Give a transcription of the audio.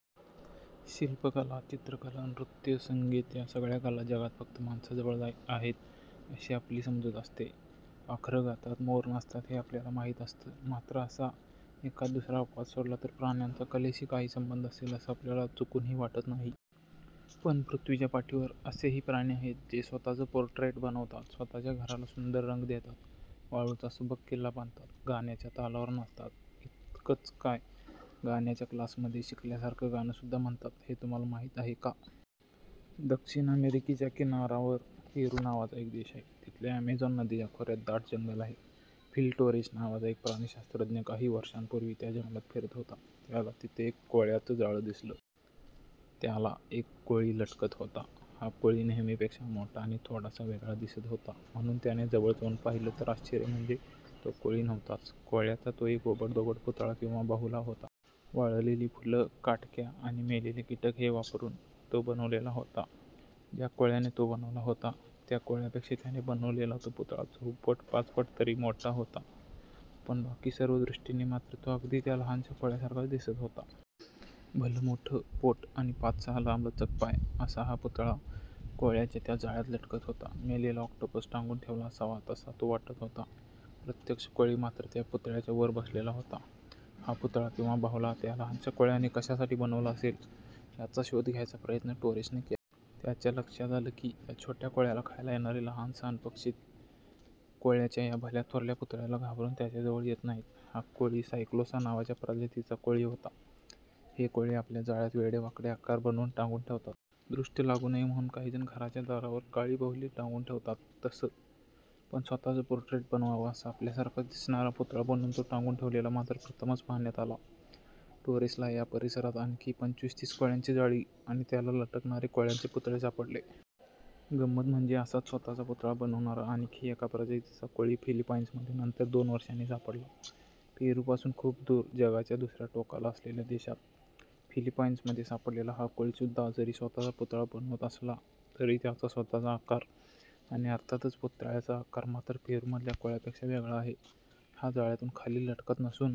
शिल्पकला, चित्रकला, नृत्य, संगीत या सगळ्या कला जगात फक्त माणसाजवळ आहेत अशी आपली समजूत असते. पाखरं गातात, मोर नाचतात हे आपल्याला माहीत असतं. मात्र असा एखाददुसरा अपवाद सोडला तर प्राण्यांचा कलेशी काही संबंध असेल असं आपल्याला चुकूनही वाटत नाही. पण पृथ्वीच्या पाठीवर असेही प्राणी आहेत, जे स्वतःचं पोर्ट्रेट बनवतात, स्वतःच्या घराला सुंदर रंग देतात, वाळूचा सुबक किल्ला बांधतात, गाण्याच्या तालावर नाचतात, इतकंच काय, गाण्याच्या क्लासमध्ये शिकल्यासारखं गाणंसुद्धा म्हणतात, हे तुम्हांला माहीत आहे का? दक्षिण अमेरिकेच्या पश्चिम किनाऱ्यावर पेरू नावाचा एक देश आहे. तिथल्या अॅमेझॉन नदीच्या खोऱ्यात दाट जंगल आहे. फिल टोरेस नावाचा एक प्राणिशास्त्रज्ञ काही वर्षांपूर्वी त्या जंगलात फिरत होता. त्याला तिथे एक कोळ्याचं जाळं दिसलं. त्यात एक कोळी लटकत होता. हा कोळी नेहमीपेक्षा मोठा आणि थोडासा वेगळा दिसत होता, म्हणून त्याने जवळ जाऊन पाहिलं तर आश्चर्य म्हणजे तो कोळी नव्हताच. कोळ्याचा तो एक ओबडधोबड पुतळा किंवा बाहुला होता. वाळलेली फुलं, काटक्या आणि मेलेले कीटक हे वापरून तो बनवलेला होता. ज्या कोळ्याने तो बनवला होता, त्या कोळ्यापेक्षा त्याने बनवलेला तो पुतळा चौपट-पाचपट तरी मोठा होता. पण बाकी सर्व दृष्टींनी मात्र तो अगदी त्या लहानशा कोळ्यासारखाच दिसत होता. भलंमोठं पोट आणि पाचसहा लांबलचक पाय, असा हा पुतळा कोळ्याच्या त्या जाळ्यात लटकत होता. मेलेला ऑक्टोपस टांगून ठेवला असावा, तसा तो वाटत होता. प्रत्यक्ष कोळी मात्र त्या पुतळ्याच्या वर बसलेला होता. हा पुतळा किंवा बाहुला त्या लहानशा कोळ्याने कशासाठी बनवला असेल याचा शोध घ्यायचा प्रयत्न टोरेसनं केला. त्याच्या लक्षात आलं की, त्या छोट्या कोळ्याला खायला येणारे लहान-सहान पक्षी कोळ्याच्या या भल्याथोरल्या पुतळ्याला घाबरून त्याच्याजवळ येत नाहीत. हा कोळी सायक्लोसा नावाच्या प्रजातीचा कोळी होता. हे कोळी आपल्या जाळ्यात वेडेवाकडे आकार बनवून टांगून ठेवतात. दृष्ट लागू नये म्हणून काहीजण घराच्या दारावर काळी बाहुली टांगून ठेवतात, तसं! पण स्वतःचं पोर्ट्रेट बनवावं तसं आपल्यासारखाच दिसणारा पुतळा बनवून तो टांगून ठेवलेला मात्र प्रथमच पाहण्यात आला. टोरेसला या परिसरात आणखी पंचवीस-तीस कोळ्यांची जाळी आणि त्याला लटकणारे कोळ्यांचे पुतळे सापडले. गंमत म्हणजे असाच स्वतःचा पुतळा बनवणारा आणखी एका प्रजातीचा कोळी फिलिपाइन्समध्ये नंतर दोन वर्षांनी सापडला. पेरूपासून खूप दूर, जगाच्या दुसर्या टोकाला असलेल्या देशात. फिलिपाइन्समध्ये सापडलेला हा कोळीसुद्धा जरी स्वतःचा पुतळा बनवत असला तरी त्याचा स्वतःचा आकार आणि अर्थातच पुतळ्याचा आकार मात्र पेरूमधल्या कोळ्यापेक्षा वेगळा आहे. हा जाळ्यातून खाली लटकत नसून